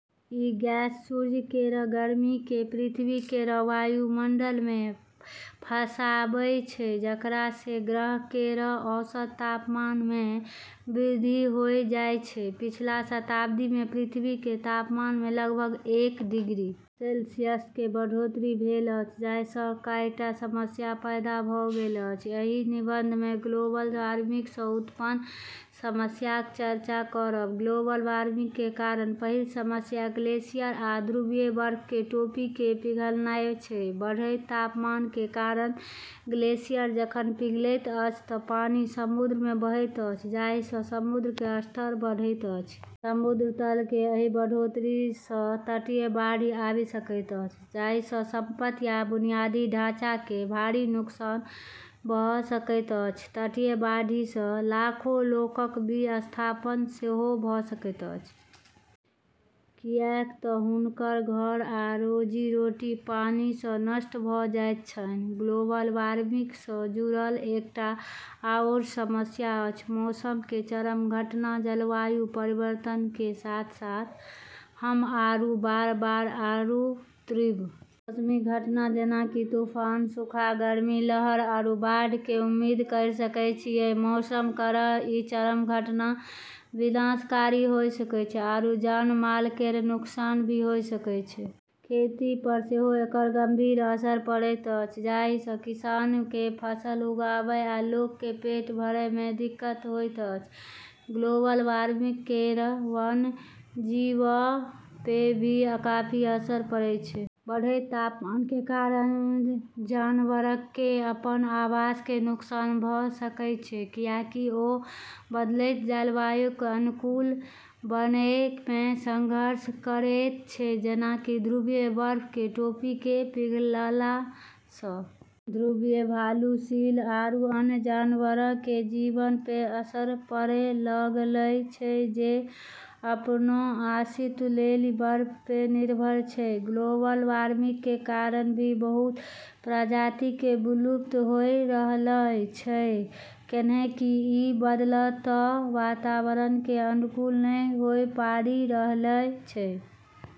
ई gas सूर्य केरऽ गर्मी के पृथ्वी केरऽ वायुमंडल मे फँसाबै छै जेकरा से ग्रह केरऽ औसत तापमान मे वृद्धि होय जाय छै, पिछला शताब्दी में पृथ्वी के तापमान में लगभग एक डिग्री सेल्सियस के बढ़ोतरी भेल अछि जाहि सं कईटा समस्या पैदा भ गेल अछि, एहि निबंध मे ग्लोबल वार्मिंग सँ उत्पन्न समस्याक चर्चा करब, ग्लोबल वार्मिंग के कारण पहिल समस्या ग्लेशियर आ ध्रुवीय बर्फ के टोपी के पिघलनाय छै, बढ़ैत तापमान के कारण ग्लेशियर जखन पिघलैत अछि त पानि समुद्र में बहैत अछि जाहि सं समुद्र के स्तर बढ़ैत अछि. समुद्र तल मे एहि बढ़ोतरी स तटीय बाढ़ि आबि सकैत अछि जाहि स संपत्ति आ बुनियादी ढांचा कए भारी नुकसान भ सकैत अछि, तटीय बाढ़ि सं लाखों लोकक विस्थापन सेहो भ सकैत अछि किएक त हुनकर घर आ रोजी-रोटी पानि सं नष्ट भ जाइत छनि, ग्लोबल वार्मिंग सं जुड़ल एकटा आओर समस्या अछि मौसम के चरम घटना जलवायु परिवर्तन के साथ-साथ हम्म आरू बार-बार आरू तीव्र मौसमी घटना जेना कि तूफान, सूखा, गर्मी के लहर आरू बाढ़ के उम्मीद करी सकै छियै, मौसम केरऽ ई चरम घटना विनाशकारी होय सकै छै आरू जान-माल केरऽ नुकसान भी होय सकै छै, खेती पर सेहो एकर गंभीर असर पड़ैत अछि जाहि सं किसान के फसल उगाबय आ लोक के पेट भरय मे दिक्कत होएत अछि, ग्लोबल वार्मिंग केरऽ वन्यजीवऽ पे भी काफी असर पड़ै छै, बढ़ैत तापमान कें कारण जानवरक कें अपन आवास कें नुकसान भ सकएय छै, कियाकि ओ बदलैत जलवायु कें अनुकूल बनएय मे संघर्ष करएयत छै जेना कि ध्रुवीय बर्फ के टोपी के पिघलला स॑ ध्रुवीय भालू, सील आरू अन्य जानवरऽ के जीवन पे असर पड़े लगलऽ छै जे अपनऽ अस्तित्व लेली बर्फ पे निर्भर छै, ग्लोबल वार्मिंग के कारण भी बहुत प्रजाति के विलुप्त होय रहलऽ छै कैन्हेंकि ई बदलतऽ वातावरण के अनुकूल नै होय पारी रहलऽ छै।